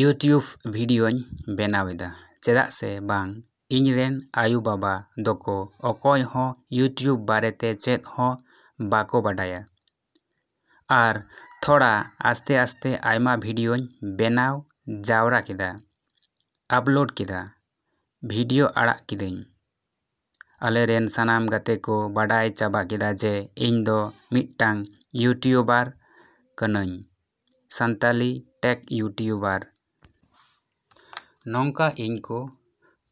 "YouTube ᱵᱷᱤᱰᱭᱳᱧ ᱵᱮᱱᱟᱣᱮᱫᱟ ᱪᱮᱫᱟᱜ ᱥᱮ ᱵᱟᱝ ᱤᱧ ᱨᱮᱱ ᱟᱭᱩ ᱵᱟᱵᱟ ᱫᱚᱠᱚ ᱚᱠᱚᱭᱦᱚᱸ ᱤᱭᱩᱴᱩᱵᱽ ᱵᱟᱨᱮᱛᱮ ᱪᱮᱫ ᱦᱚᱸ ᱵᱟᱠᱚ ᱵᱟᱰᱟᱭᱟ᱾ ᱟᱨ ᱛᱷᱚᱲᱟ ᱟᱥᱛᱮᱼᱟᱥᱛᱮ ᱟᱭᱢᱟ ᱵᱷᱤᱰᱭᱳᱧ ᱵᱮᱱᱟᱣ ᱡᱟᱣᱨᱟ ᱠᱮᱫᱟ, ᱟᱯᱞᱳᱰ ᱠᱮᱫᱟ, ᱵᱷᱤᱰᱭᱳ ᱟᱲᱟᱜ ᱠᱤᱫᱟᱹᱧ᱾ ᱟᱞᱮ ᱨᱮᱱ ᱥᱟᱱᱟᱢ ᱜᱟᱛᱮ ᱠᱚ ᱵᱟᱰᱟᱭ ᱪᱟᱵᱟ ᱠᱮᱫᱟ ᱡᱮ ᱤᱧ ᱫᱚ ᱢᱤᱫᱴᱟᱹᱝ ᱤᱭᱩᱴᱩᱵᱟᱨ ᱠᱟᱱᱟᱧ, ᱥᱟᱱᱛᱟᱞᱤ ᱴᱮᱠ ᱤᱭᱩᱴᱩᱵᱟᱨ᱾ ᱱᱚᱝᱠᱟ ᱤᱧ ᱠᱚ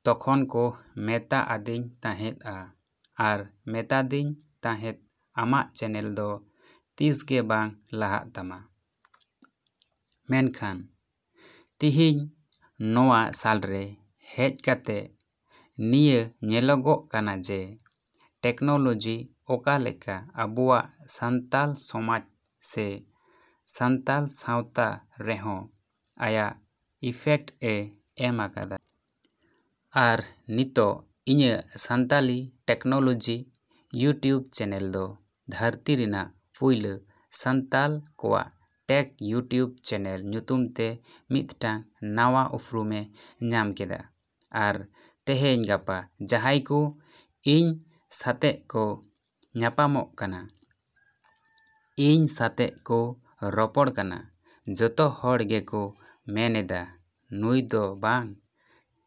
ᱛᱚᱠᱷᱚᱱ ᱠᱚ ᱢᱮᱛᱟ ᱟᱫᱤᱧ ᱛᱟᱦᱮᱸᱫᱼᱟ ᱟᱨ ᱢᱮᱛᱟᱫᱤᱧ ᱛᱟᱦᱮᱸᱫ ᱟᱢᱟᱜ ᱪᱮᱱᱮᱞ ᱫᱚ ᱛᱤᱸᱥᱜᱮ ᱵᱟᱝ ᱞᱟᱦᱟᱜ ᱛᱟᱢᱟ᱾ ᱢᱮᱱᱠᱷᱟᱱ ᱛᱤᱸᱦᱤᱧ ᱱᱚᱶᱟ ᱥᱟᱞᱨᱮ ᱦᱮᱡ ᱠᱟᱛᱮᱫ ᱱᱤᱭᱟᱹ ᱧᱮᱞᱚᱜᱚᱜ ᱠᱟᱱᱟ ᱡᱮ ᱴᱮᱠᱱᱳᱞᱚᱡᱤ ᱚᱠᱟ ᱞᱮᱠᱟ ᱟᱵᱚᱣᱟᱜ ᱥᱟᱱᱛᱟᱞ ᱥᱚᱢᱟᱡ ᱥᱮ ᱥᱟᱶᱛᱟᱞ ᱥᱟᱶᱛᱟ ᱨᱮᱦᱚᱸ ᱟᱭᱟᱜ ᱤᱯᱷᱮᱠᱴ ᱮ ᱮᱢ ᱟᱠᱟᱫᱟ᱾ ᱟᱨ ᱱᱤᱛᱚᱜ ᱤᱧᱟᱹᱜ ᱥᱟᱱᱛᱟᱞᱤ ᱴᱮᱠᱱᱳᱞᱚᱡᱤ ᱤᱭᱩᱴᱩᱵᱽ ᱪᱮᱱᱮᱞ ᱫᱚ ᱫᱷᱟᱹᱨᱛᱤ ᱨᱮᱱᱟᱜ ᱯᱩᱭᱞᱟᱹ ᱥᱟᱱᱛᱟᱞ ᱠᱚᱣᱟᱜ ᱴᱮᱠ ᱤᱭᱩᱴᱩᱵ ᱪᱮᱱᱮᱞ ᱧᱩᱛᱩᱢ ᱛᱮ ᱢᱤᱫᱴᱟᱹᱝ ᱱᱟᱣᱟ ᱩᱯᱨᱩᱢ ᱮ ᱧᱟᱢ ᱠᱮᱫᱟ᱾ ᱟᱨ ᱛᱮᱦᱤᱧ ᱜᱟᱯᱟ ᱡᱟᱦᱟᱸᱭ ᱠᱚ ᱤᱧ ᱥᱟᱛᱮᱜ ᱠᱚ ᱧᱟᱯᱟᱢᱚᱜ ᱠᱟᱱᱟ, ᱤᱧ ᱥᱟᱛᱮᱜ ᱠᱚ ᱨᱚᱯᱚᱲ ᱠᱟᱱᱟ, ᱡᱚᱛᱚ ᱦᱚᱲ ᱜᱮᱠᱚ ᱢᱮᱱ ᱮᱫᱟ, ""ᱱᱩᱭ ᱫᱚ ᱵᱟᱝ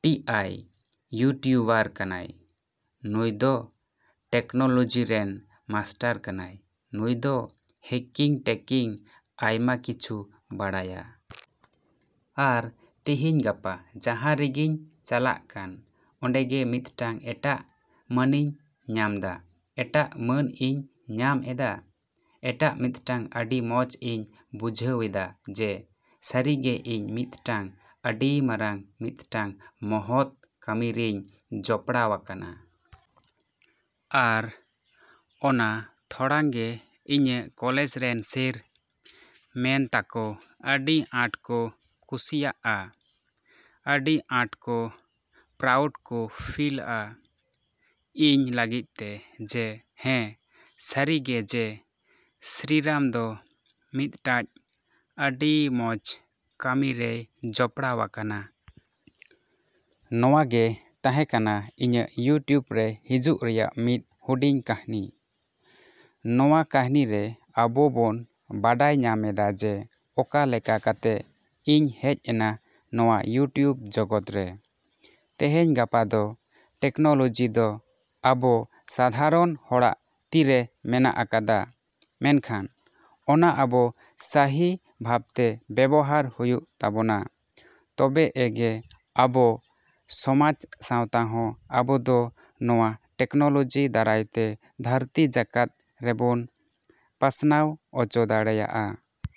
ᱴᱤ ᱟᱭ ᱤᱭᱩᱴᱩᱵᱟᱨ ᱠᱟᱱᱟᱭ, ᱱᱩᱭ ᱫᱚ ᱴᱮᱠᱱᱳᱞᱚᱡᱤ ᱨᱮᱱ ᱢᱟᱥᱴᱟᱨ ᱠᱟᱱᱟᱭ, ᱱᱩᱭ ᱫᱚ ᱦᱮᱠᱤᱝ ᱴᱮᱠᱤᱝ ᱟᱭᱢᱟ ᱠᱤᱪᱷᱩ ᱵᱟᱲᱟᱭᱟ᱾"" ᱟᱨ ᱛᱮᱦᱤᱧ ᱜᱟᱯᱟ ᱡᱟᱦᱟᱸ ᱨᱮᱜᱤᱧ ᱪᱟᱞᱟᱜ ᱠᱟᱱ ᱚᱰᱮ ᱜᱮ ᱢᱤᱫᱴᱟᱹᱝ ᱮᱴᱟᱜ ᱢᱟᱱᱤᱧ ᱧᱟᱢᱫᱟ, ᱮᱴᱟᱜ ᱢᱟᱹᱱ ᱤᱧ ᱧᱟᱢ ᱮᱫᱟ, ᱮᱴᱟᱜ ᱢᱤᱫᱴᱟᱹᱝ ᱟᱹᱰᱤ ᱢᱚᱸᱡ ᱤᱧ ᱵᱩᱡᱷᱟᱹᱣᱮᱫᱟ ᱡᱮ ᱥᱟᱹᱨᱤᱜᱮ ᱤᱧ ᱢᱤᱫᱴᱟᱹᱝ ᱟᱹᱰᱤ ᱢᱟᱨᱟᱝ ᱢᱤᱫᱴᱟᱹᱝ ᱢᱚᱦᱚᱛ ᱠᱟᱹᱢᱤᱨᱤᱧ ᱡᱚᱯᱲᱟᱣ ᱟᱠᱟᱱᱟ᱾ ᱟᱨ ᱚᱱᱟ ᱛᱷᱚᱲᱚᱝ ᱜᱮ ᱤᱧᱟᱹᱜ ᱠᱚᱞᱮᱡᱽ ᱨᱮᱱ ᱥᱮᱨ, ᱢᱮᱢ ᱛᱟᱠᱚ ᱟᱹᱰᱤ ᱟᱸᱴ ᱠᱚ ᱠᱩᱥᱤᱭᱟᱜᱼᱟ, ᱟᱹᱰᱤ ᱟᱸᱴ ᱠᱚ ᱯᱨᱟᱩᱰ ᱠᱚ ᱯᱷᱤᱞᱼᱟ ᱤᱧ ᱞᱟᱹᱜᱤᱫ ᱛᱮ ᱡᱮ ᱦᱮᱸ ᱥᱟᱹᱨᱤᱜᱮ ᱡᱮ ᱥᱨᱤᱨᱟᱢ ᱫᱚ ᱢᱤᱫᱴᱟᱹᱡ ᱟᱹᱰᱤ ᱢᱚᱸᱡ ᱠᱟᱹᱢᱤᱨᱮᱭ ᱡᱚᱯᱲᱟᱣ ᱟᱠᱟᱱᱟ᱾ ᱱᱚᱣᱟᱜᱮ ᱛᱟᱦᱮᱸ ᱠᱟᱱᱟ ᱤᱧᱟᱹᱜ ᱤᱭᱩᱴᱩᱵᱽ ᱨᱮ ᱦᱤᱡᱩᱜ ᱨᱮᱭᱟᱜ ᱢᱤᱫ ᱦᱩᱰᱤᱧ ᱠᱟᱹᱦᱱᱤ᱾ ᱱᱚᱣᱟ ᱠᱟᱹᱦᱤᱱᱤᱨᱮ ᱟᱵᱚ ᱵᱚᱱ ᱵᱟᱲᱟᱭ ᱧᱟᱢ ᱮᱫᱟ ᱡᱮ ᱚᱠᱟ ᱞᱮᱠᱟ ᱠᱟᱛᱮᱫ ᱤᱧ ᱦᱮᱡ ᱮᱱᱟ ᱱᱚᱣᱟ ᱤᱭᱩᱴᱤᱣᱩᱵᱽ ᱡᱚᱜᱚᱛ ᱨᱮ᱾ ᱛᱮᱦᱮᱧ ᱜᱟᱯᱟ ᱫᱚ ᱴᱮᱠᱱᱳᱞᱚᱡᱤ ᱫᱚ ᱟᱵᱚ ᱥᱟᱫᱷᱟᱨᱚᱱ ᱦᱚᱲᱟᱜ ᱛᱤᱨᱮ ᱢᱮᱱᱟᱜ ᱟᱠᱟᱫᱟ ᱢᱮᱱᱠᱷᱟᱱ ᱚᱱᱟ ᱟᱵᱚ ᱥᱟᱦᱤ ᱵᱷᱟᱵᱮ ᱵᱮᱵᱚᱦᱟᱨ ᱦᱩᱭᱩᱜ ᱛᱟᱵᱚᱱᱟ ᱛᱚᱵ ᱮ ᱜᱮ ᱟᱵᱚ ᱥᱚᱢᱟᱡ ᱥᱟᱶᱛᱟ ᱦᱚᱸ ᱟᱵᱚ ᱫᱚ ᱱᱚᱣᱟ ᱴᱮᱠᱱᱳᱞᱚᱡᱤ ᱫᱟᱨᱟᱭ ᱛᱮ ᱫᱷᱟᱹᱨᱛᱤ ᱡᱟᱠᱟᱛ ᱨᱮᱵᱚᱱ ᱯᱟᱥᱱᱟᱣ ᱚᱪᱚ ᱫᱟᱲᱮᱭᱟᱜᱼᱟ᱾।"